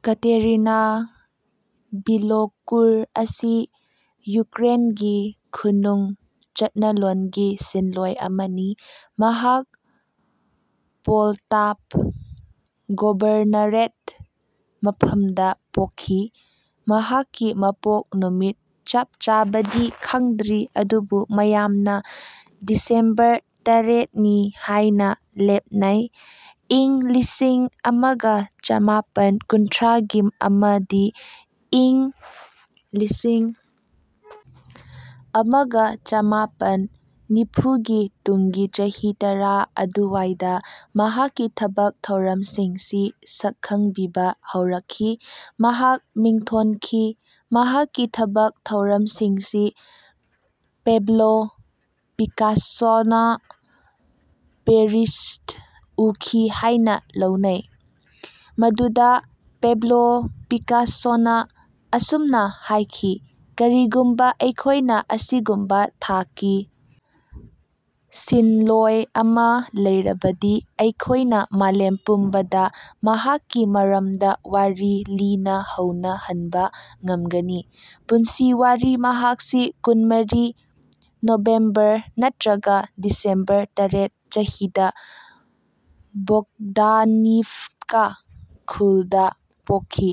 Katerina Bilokur ꯑꯁꯤ ꯌꯨꯀ꯭ꯔꯦꯟꯒꯤ ꯈꯨꯟꯅꯨꯡ ꯆꯠꯅꯂꯣꯟꯒꯤ ꯁꯤꯟꯂꯣꯢ ꯑꯃꯅꯤ꯫ ꯃꯍꯥꯛ ꯄꯣꯜꯇꯥꯚ ꯒꯣꯚꯔꯅꯔꯦꯠ ꯃꯐꯝꯗ ꯄꯣꯛꯈꯤ꯫ ꯃꯍꯥꯛꯀꯤ ꯃꯄꯣꯛ ꯅꯨꯃꯤꯠ ꯆꯞ ꯆꯥꯕꯗꯤ ꯈꯪꯗ꯭ꯔꯤ ꯑꯗꯨꯕꯨ ꯃꯌꯥꯝꯅ ꯗꯤꯁꯦꯝꯕꯔ ꯇꯥꯔꯦꯠꯅꯤ ꯍꯥꯢꯅ ꯂꯦꯞꯅꯩ꯫ ꯏꯪ ꯂꯤꯁꯤꯡ ꯑꯃꯒ ꯆꯃꯥꯄꯟ ꯀꯨꯟꯊ꯭ꯔꯥꯒꯤ ꯑꯃꯗꯤ ꯏꯪ ꯂꯤꯁꯤꯡ ꯑꯃꯒ ꯆꯃꯥꯄꯟ ꯅꯤꯐꯨ ꯒꯤ ꯇꯨꯡꯒꯤ ꯆꯍꯤ ꯇꯔꯥ ꯑꯗꯨꯋꯥꯢꯗ ꯃꯍꯥꯛꯀꯤ ꯊꯕꯛ ꯊꯧꯔꯝꯁꯤꯡꯁꯤ ꯁꯛꯈꯪꯕꯤꯕ ꯍꯧꯔꯛꯈꯤ꯫ ꯃꯍꯥꯛ ꯃꯤꯡꯊꯣꯟꯈꯤ꯫ ꯃꯍꯥꯛꯀꯤ ꯊꯕꯛ ꯊꯧꯔꯝꯁꯤꯡꯁꯤ ꯄꯦꯕ꯭ꯂꯣ ꯄꯤꯀꯥꯁꯣꯅ ꯄꯦꯔꯤꯁꯇ ꯎꯈꯤ ꯍꯥꯢꯅ ꯂꯧꯅꯩ꯫ ꯃꯗꯨꯗ ꯄꯦꯕ꯭ꯂꯣ ꯄꯤꯀꯥꯁꯣꯅ ꯑꯁꯨꯝꯅ ꯍꯥꯢꯈꯤ, ꯀꯔꯤꯒꯨꯝꯕ ꯑꯩꯈꯣꯢꯅ ꯑꯁꯤꯒꯨꯝꯕ ꯊꯥꯛꯀꯤ ꯁꯤꯟꯂꯣꯢ ꯑꯃ ꯂꯩꯔꯕꯗꯤ, ꯑꯩꯈꯣꯢꯅ ꯃꯥꯂꯦꯝ ꯄꯨꯝꯕꯗ ꯃꯍꯥꯛꯀꯤ ꯃꯔꯝꯗ ꯋꯥꯔꯤ ꯂꯤꯅꯍꯧꯅꯍꯟꯕ ꯉꯝꯒꯅꯤ꯫ ꯄꯨꯟꯁꯤ ꯋꯥꯔꯤ ꯃꯍꯥꯛꯁꯤ ꯀꯨꯟ-ꯃꯔꯤ ꯅꯣꯚꯦꯝꯕꯔ (ꯅꯠꯇ꯭ꯔꯒ ꯗꯤꯁꯦꯝꯕꯔ ꯇꯔꯦꯠ) ꯆꯍꯤꯗ ꯕꯣꯒꯗꯥꯅꯤꯚꯀꯥ ꯈꯨꯜꯗ ꯄꯣꯛꯈꯤ꯫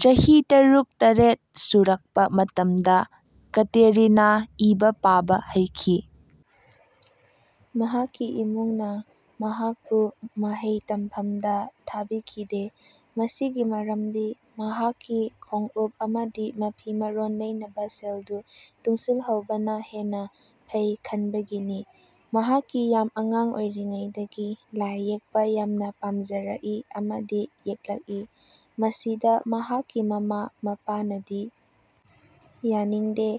ꯆꯍꯤ ꯇꯔꯨꯛ - ꯇꯔꯦꯇ ꯁꯨꯔꯛꯄ ꯃꯇꯝꯗ ꯀꯇꯦꯔꯤꯅꯥ ꯏꯕ ꯄꯥꯕ ꯍꯩꯈꯤ꯫ ꯃꯍꯥꯛꯀꯤ ꯏꯃꯨꯡꯅ ꯃꯍꯥꯛꯄꯨ ꯃꯍꯩ ꯇꯝꯐꯝꯗ ꯊꯥꯕꯤꯈꯤꯗꯦ꯫ ꯃꯁꯤꯒꯤ ꯃꯔꯝꯗꯤ ꯃꯍꯥꯛꯀꯤ ꯈꯣꯡꯎꯞ ꯑꯃꯗꯤ ꯃꯐꯤ ꯃꯔꯣꯟ ꯂꯩꯅꯕ ꯁꯦꯜꯗꯨ ꯇꯨꯡꯁꯤꯜꯍꯧꯕꯅ ꯍꯦꯟꯅ ꯐꯩ ꯈꯟꯕꯒꯤꯅꯤ꯫ ꯃꯍꯥꯛꯀꯤ ꯌꯥꯝ ꯑꯉꯥꯡ ꯑꯣꯢꯔꯤꯉꯩꯗꯒꯤ ꯂꯥꯢ ꯌꯦꯛꯄ ꯌꯥꯝꯅ ꯄꯥꯝꯖꯔꯛꯏ ꯑꯃꯗꯤ ꯌꯦꯛꯂꯛꯏ꯫ ꯃꯁꯤꯗ ꯃꯍꯥꯛꯀꯤ ꯃꯃꯥ ꯃꯄꯥꯅꯗꯤ ꯌꯥꯅꯤꯡꯗꯦ,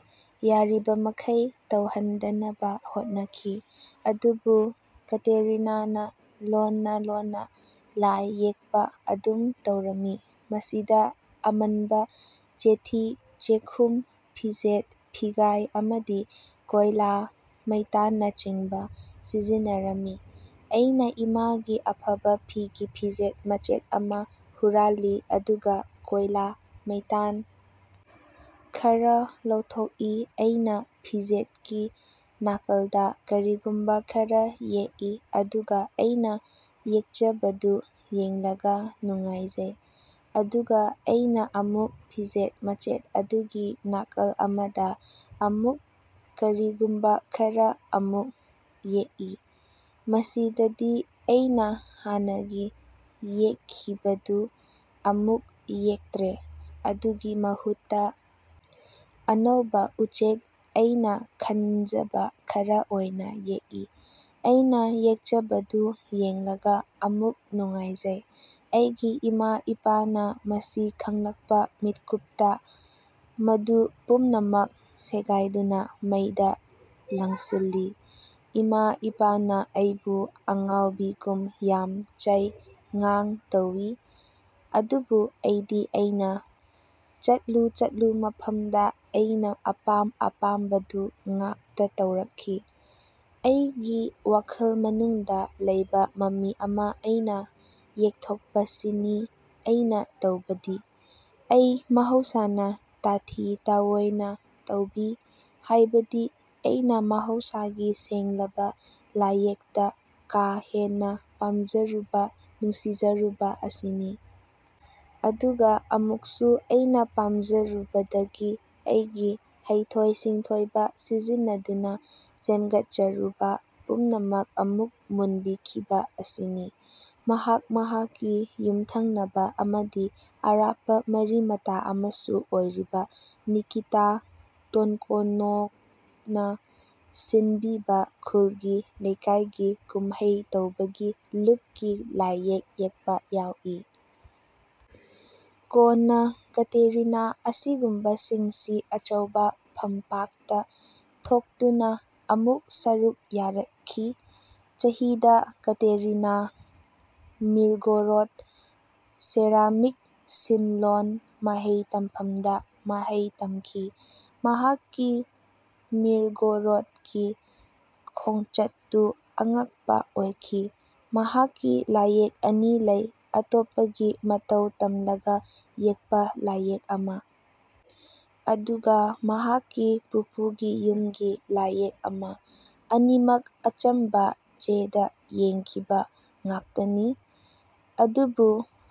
ꯌꯥꯔꯤꯕꯃꯈꯩ ꯇꯧꯍꯟꯗꯅꯕ ꯍꯣꯠꯅꯈꯤ꯫ ꯑꯗꯨꯕꯨ ꯀꯇꯦꯔꯤꯅꯥꯅ ꯂꯣꯟꯅ ꯂꯣꯟꯅ ꯂꯥꯢ ꯌꯦꯛꯄ ꯑꯗꯨꯝ ꯇꯧꯔꯝꯃꯤ꯫ ꯃꯁꯤꯗ ꯑꯃꯟꯕ ꯆꯦꯊꯤ ꯆꯦꯈꯨꯝ, ꯐꯤꯖꯦꯠ ꯐꯤꯒꯥꯢ ꯑꯃꯗꯤ ꯀꯣꯢꯂꯥ ꯃꯩꯇꯥꯟꯅꯆꯤꯡꯕ ꯁꯤꯖꯤꯟꯅꯔꯝꯃꯤ꯫ "ꯑꯩꯅ ꯏꯃꯥꯒꯤ ꯑꯐꯕ ꯐꯤꯒꯤ ꯐꯤꯖꯦꯠ ꯃꯆꯦꯠ ꯑꯃ ꯍꯨꯔꯥꯜꯂꯤ ꯑꯗꯨꯒ ꯀꯣꯢꯂꯥ ꯃꯩꯇꯥꯟ ꯈꯔ ꯂꯧꯊꯣꯛꯏꯑꯩꯅ ꯐꯤꯖꯦꯠꯀꯤ ꯅꯥꯀꯜꯗ ꯀꯔꯤꯒꯨꯝꯕ ꯈꯔ ꯌꯦꯛꯏ, ꯑꯗꯨꯒ ꯑꯩꯅ ꯌꯦꯛꯆꯕꯗꯨ ꯌꯦꯡꯂꯒ ꯅꯨꯡꯉꯥꯢꯖꯩ꯫ ꯑꯗꯨꯒ ꯑꯩꯅ ꯑꯃꯨꯛ ꯐꯤꯖꯦꯠ ꯃꯆꯦꯠ ꯑꯗꯨꯒꯤ ꯅꯥꯀꯜ ꯑꯃꯗ ꯑꯃꯨꯛ ꯀꯔꯤꯒꯨꯝꯕ ꯈꯔ ꯑꯃꯨꯛ ꯌꯦꯛꯏ꯫ ꯃꯁꯤꯗꯗꯤ ꯑꯩꯅ ꯍꯥꯟꯅꯒꯤ ꯌꯦꯛꯈꯤꯕꯗꯨ ꯑꯃꯨꯛ ꯌꯦꯛꯇ꯭ꯔꯦ꯫ ꯑꯗꯨꯒꯤ ꯃꯍꯨꯠꯇ ꯑꯅꯧꯕ ꯎꯆꯦꯛ ꯑꯩꯅ ꯈꯟꯖꯕ ꯈꯔ ꯑꯣꯢꯅ ꯌꯦꯛꯏ꯫ ꯑꯩꯅ ꯌꯦꯛꯆꯕꯗꯨ ꯌꯦꯡꯂꯒ ꯑꯃꯨꯛ ꯅꯨꯡꯉꯥꯢꯖꯩ꯫ ꯑꯩꯒꯤ ꯏꯃꯥ ꯏꯄꯥꯅ ꯃꯁꯤ ꯈꯪꯂꯛꯄ ꯃꯤꯠꯀꯨꯞꯇ ꯃꯗꯨ ꯄꯨꯝꯅꯃꯛ ꯁꯦꯒꯥꯢꯗꯨꯅ ꯃꯩꯗ ꯂꯪꯁꯤꯜꯂꯤ꯫ ꯏꯃꯥ ꯏꯄꯥꯅ ꯑꯩꯕꯨ ꯑꯉꯥꯎꯕꯤꯒꯨꯝ ꯌꯥꯝ ꯆꯩ ꯉꯥꯡ ꯇꯧꯏ꯫ꯑꯗꯨꯕꯨ ꯑꯩꯗꯤ ꯑꯩꯅ ꯆꯠꯂꯨ ꯆꯠꯂꯨ ꯃꯐꯝꯗ ꯑꯩꯅ ꯑꯄꯥꯝ ꯑꯄꯥꯝꯕꯗꯨ ꯉꯥꯛꯇ ꯇꯧꯔꯛꯈꯤ꯫ ꯑꯩꯒꯤ ꯋꯥꯈꯜ ꯃꯅꯨꯡꯗ ꯂꯩꯕ ꯃꯃꯤ ꯑꯃ ꯑꯩꯅ ꯌꯦꯛꯊꯣꯛꯄꯁꯤꯅꯤ ꯑꯩꯅ ꯇꯧꯕꯗꯤ꯫ ꯑꯩ ꯃꯍꯧꯁꯥꯅ ꯇꯥꯊꯤ ꯇꯥꯋꯣꯢꯅ ꯇꯧꯕꯤ꯫ ꯍꯥꯢꯕꯗꯤ ꯑꯩꯅ ꯃꯍꯧꯁꯥꯒꯤ ꯁꯦꯡꯂꯕ ꯂꯥꯢꯌꯦꯛꯇ ꯀꯥ ꯍꯦꯟꯅ ꯄꯥꯝꯖꯔꯨꯕ ꯅꯨꯡꯁꯤꯖꯔꯨꯕ ꯑꯁꯤꯅꯤ꯫ ꯑꯗꯨꯒ ꯑꯃꯨꯛꯁꯨ ꯑꯩꯅ ꯄꯥꯝꯖꯔꯨꯕꯗꯒꯤ ꯑꯩꯒꯤ ꯍꯩꯊꯣꯢ ꯁꯤꯡꯊꯣꯢꯕ ꯁꯤꯖꯤꯟꯅꯗꯨꯅ ꯁꯦꯝꯒꯠꯆꯔꯨꯕ ꯄꯨꯝꯅꯃꯛ ꯑꯃꯨꯛ ꯃꯨꯟꯕꯤꯈꯤꯕ ꯑꯁꯤꯅꯤ"꯫ ꯃꯍꯥꯛ ꯃꯍꯥꯛꯀꯤ ꯌꯨꯝꯊꯪꯅꯕ ꯑꯃꯗꯤ ꯑꯔꯥꯞꯄ ꯃꯔꯤ ꯃꯇꯥ ꯑꯃꯁꯨ ꯑꯣꯢꯔꯤꯕ ꯅꯤꯀꯤꯇꯥ ꯇꯣꯟꯀꯣꯅꯣꯒꯅ ꯁꯤꯟꯕꯤꯕ ꯈꯨꯜꯒꯤ ꯂꯩꯀꯥꯢꯒꯤ ꯀꯨꯝꯍꯩ ꯇꯧꯕꯒꯤ ꯂꯨꯞꯀꯤ ꯂꯥꯢꯌꯦꯛ ꯌꯦꯛꯄ ꯌꯥꯎꯏ꯫ ꯀꯣꯟꯅ ꯀꯇꯦꯔꯤꯅꯥ ꯑꯁꯤꯒꯨꯝꯕꯁꯤꯡꯁꯤ ꯑꯆꯧꯕ ꯐꯝꯄꯥꯛꯇ ꯊꯣꯛꯇꯨꯅ ꯑꯃꯨꯛ ꯁꯔꯨꯛ ꯌꯥꯔꯛꯈꯤ꯫ ꯆꯍꯤꯗ ꯀꯇꯦꯔꯤꯅꯥ ꯃꯤꯔꯒꯣꯔꯣꯗ ꯁꯦꯔꯥꯃꯤꯛ ꯁꯤꯟꯂꯣꯟ ꯃꯍꯩ ꯇꯝꯐꯝꯗ ꯃꯍꯩ ꯇꯝꯈꯤ꯫ ꯃꯍꯥꯛꯀꯤ ꯃꯤꯔꯒꯣꯔꯣꯗꯀꯤ ꯈꯣꯡꯆꯠꯇꯨ ꯑꯉꯛꯄ ꯑꯣꯢꯈꯤ꯫ ꯃꯍꯥꯛꯀꯤ ꯂꯥꯢꯌꯦꯛ ꯑꯅꯤ ꯂꯩ, ꯑꯇꯣꯞꯄꯒꯤ ꯃꯇꯧ ꯇꯝꯂꯒ ꯌꯦꯛꯄ ꯂꯥꯢꯌꯦꯛ ꯑꯃ ꯑꯗꯨꯒ ꯃꯍꯥꯛꯀꯤ ꯄꯨꯄꯨꯒꯤ ꯌꯨꯝꯒꯤ ꯂꯥꯢꯌꯦꯛ ꯑꯃ꯫ ꯑꯅꯤꯃꯛ ꯑꯆꯝꯕ ꯆꯦꯗ ꯌꯦꯛꯈꯤꯕ ꯉꯥꯛꯇꯅꯤ꯫ ꯑꯗꯨꯕꯨ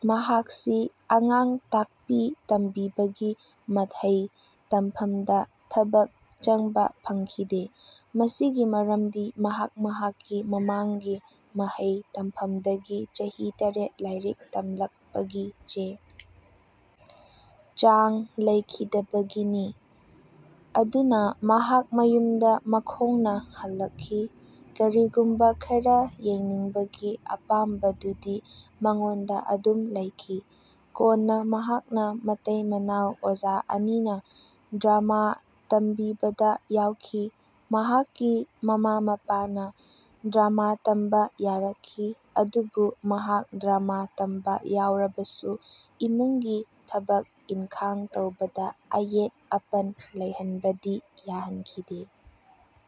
ꯃꯍꯥꯛꯁꯤ ꯑꯉꯥꯡ ꯇꯥꯛꯄꯤ ꯇꯝꯕꯤꯕꯒꯤ ꯃꯍꯩ ꯇꯝꯐꯝꯗ ꯊꯕꯛ ꯆꯪꯕ ꯐꯪꯈꯤꯗꯦ꯫ ꯃꯁꯤꯒꯤ ꯃꯔꯝꯗꯤ ꯃꯍꯥꯛ ꯃꯍꯥꯛꯀꯤ ꯃꯃꯥꯡꯒꯤ ꯃꯍꯩ ꯇꯝꯐꯝꯗꯒꯤ ꯆꯍꯤ ꯇꯔꯦꯠ ꯂꯥꯢꯔꯤꯛ ꯇꯝꯂꯛꯄꯒꯤ ꯆꯦ ꯆꯥꯡ ꯂꯩꯈꯤꯗꯕꯒꯤꯅꯤ꯫ ꯑꯗꯨꯅ ꯃꯍꯥꯛ ꯃꯌꯨꯝꯗ ꯃꯈꯣꯡꯅ ꯍꯜꯂꯛꯈꯤ꯫ ꯀꯔꯤꯒꯨꯝꯕ ꯈꯔ ꯌꯦꯛꯅꯤꯡꯕꯒꯤ ꯑꯄꯥꯝꯕꯗꯨꯗꯤ ꯃꯉꯣꯟꯗ ꯑꯗꯨꯝ ꯂꯩꯈꯤ꯫ ꯀꯣꯟꯅ ꯃꯍꯥꯛꯅ ꯃꯇꯩ ꯃꯅꯥꯎ ꯑꯣꯖꯥ ꯑꯅꯤꯅ ꯗ꯭ꯔꯥꯃꯥ ꯇꯝꯕꯤꯕꯗ ꯌꯥꯎꯈꯤ꯫ ꯃꯍꯥꯛꯀꯤ ꯃꯃꯥ ꯃꯄꯥꯅ ꯗ꯭ꯔꯥꯃꯥ ꯇꯝꯕ ꯌꯥꯔꯛꯈꯤ꯫ ꯑꯗꯨꯕꯨ ꯃꯍꯥꯛ ꯗ꯭ꯔꯥꯃꯥ ꯇꯝꯕ ꯌꯥꯎꯔꯕꯁꯨ ꯏꯃꯨꯡꯒꯤ ꯊꯕꯛ ꯏꯟꯈꯥꯡ ꯇꯧꯕꯗ ꯑꯌꯦꯠ ꯑꯄꯟ ꯂꯩꯍꯟꯕꯗꯤ ꯌꯥꯍꯟꯈꯤꯗꯦ꯫